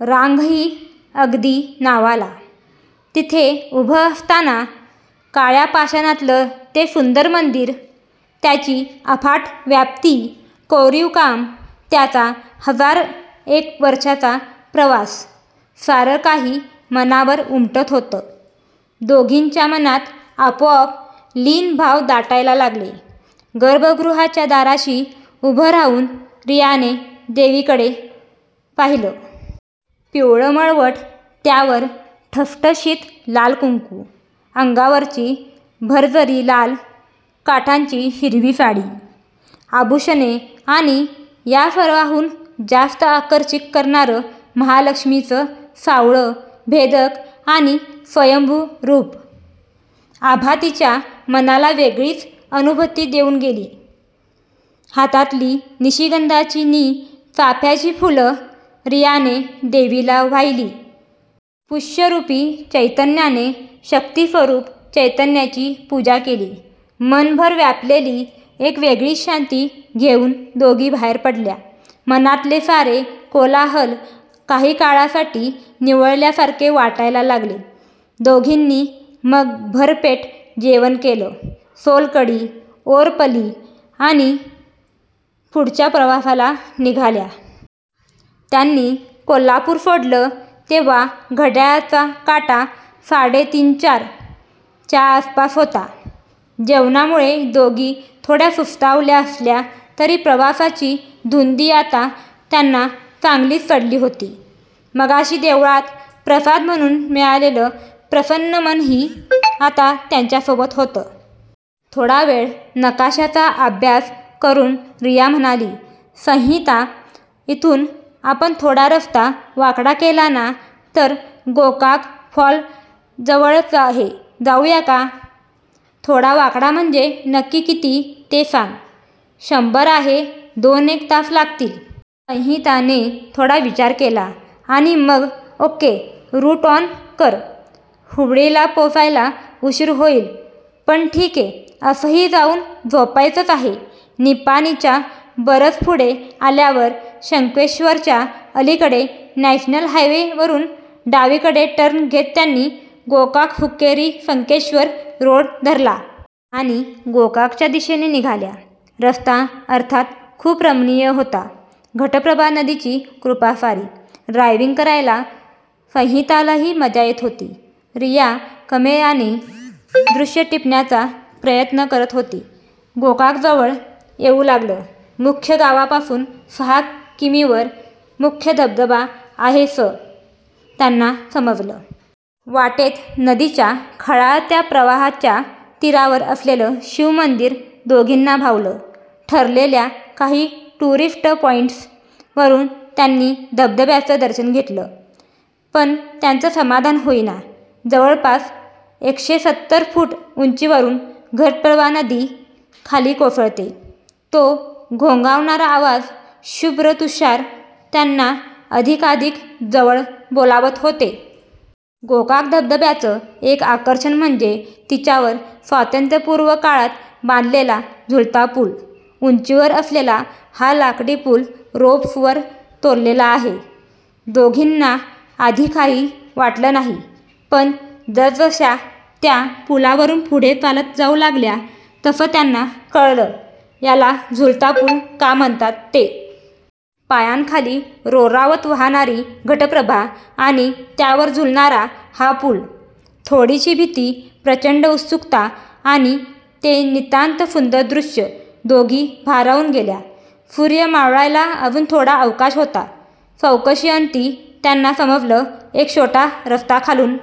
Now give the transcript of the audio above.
रांगही अगदी नावाला. तिथे उभं असताना काळ्या पाषाणातलं ते सुंदर मंदिर, त्याची अफाट व्याप्ती, कोरीवकाम, त्याचा हजार एक वर्षांचा प्रवास सारं काही मनावर उमटत होतं. दोघींच्या मनात आपोआप लीन भाव दाटायला लागले. गर्भगृहाच्या दाराशी उभं राहून रियाने देवीकडे पाहिलं. पिवळं मळवट, त्यावर ठसठशीत लाल कुंकू, अंगावरची भरजरी लाल काठांची हिरवी साडी, आभूषणे आणि या सर्वाहून जास्त आकर्षित करणारं महालक्ष्मीचं सावळं, भेदक, आणि स्वयंभू रूप, आभा तिच्या मनाला वेगळीच अनुभूती देऊन गेली. हातातली निशिगंधाची नि चाफ्याची फुलं रियाने देवीला वाहिली. पुष्परूपी चैतन्याने शक्तीस्वरूप चैतन्याची पुजा केली! मनभर व्यापलेली एक वेगळीच शांती घेऊन दोघी बाहेर पडल्या. मनातले सारे कोलाहल काही काळासाठी निवळल्या सारखे वाटायला लागले. दोघींनी मग भरपेट जेवण केलं. सोलकढी ओरपली. आणि पुढच्या प्रवासाला निघाल्या. त्यांनी कोल्हापूर सोडलं तेव्हा घड्याळाचा काटा साडे तीनचार च्या आसपास होता. जेवणामुळे दोघी थोड्या सुस्तावल्या असल्या तरी प्रवासाची धुंदी आता त्यांना चांगलीच चढली होती. मगाशी देवळात प्रसाद म्हणून मिळालेलं प्रसन्न मनही आता त्यांच्या सोबत होतं. थोडावेळ नकाशाचा अभ्यास करून रिया म्हणाली, संहिता, इथून आपण थोडा रस्ता वाकडा केला ना तर गोकाक फॉल जवळच आहे. जाऊया का? थोडा वाकडा म्हणजे नक्की किती ते सांग. शंभर आहे. दोन एक तास लागतील. संहिता ने थोडा विचार केला. आणि मग, ओक्के, रूट ऑन कर. हुबळीला पोचायला उशीर होईल पण ठिके. असंही जाऊन झोपायचंच आहे. निपाणीच्या बरंच पुढे आल्यावर संकेश्वरच्या अलिकडे नॅशनल हायवे वरुन डावीकडे टर्न घेत त्यांनी गोकाकहुक्केरीसंकेश्वर रोड धरला. आणि गोककच्या दिशेने निघाल्या. रस्ता अर्थात खूप रमणीय होता. घट्प्रभा नदीची कृपा सारी. ड्रायविंग करायला संहितालाही मजा येत होती. रिया कमेर्याने दृश्य टिपण्याचा प्रयत्न करत होती. गोकाक जवळ येऊ लागलं. मुख्य गावापासून सहा किमीवर मुख्य धबधबा आहेसं त्यांना समजलं. वाटेत नदीच्या खळाळत्या प्रवाहाच्या तीरावर असलेलं शिवमंदिर दोघींना भावलं. ठरलेल्या काही टुरिस्ट पॉईंट्स वरुन त्यांनी धबधब्याचं दर्शन घेतलं. पण त्यांचं समाधान होईना. जवळपास एकशेसत्तर फुट उंचीवरून घटप्रभा नदी खाली कोसळते. तो घोंघावणारा आवाज, शुभ्र तुषार त्यांना अधिकाधिक जवळ बोलावत होते. गोकाक धबधब्याचं एक आकर्षण म्हणजे, तिच्यावर स्वातंत्र्यपूर्व काळात बांधलेला झुलता पूल. उंचीवर असलेला हा लाकडी पूल रोप्स वर तोललेला आहे. दोघींना आधी काही वाटलं नाही. पण जसजशा त्या पूलावरून पुढे चालत जाऊ लागल्या तसं त्यांना कळलं याला झुलता पूल का म्हणतात ते. पायांखाली रोरावत वाहणारी घटप्रभा आणि त्यावर झुलणारा हा पूल. थोडीशी भीती, प्रचंड उत्सुकता आणि ते नितांत सुंदर दृश्य. दोघी भारावून गेल्या. सूर्य मावळायला अजून थोडा अवकाश होता॰चौकशी अंती त्यांना समजलं, एक छोटा रस्ता खालून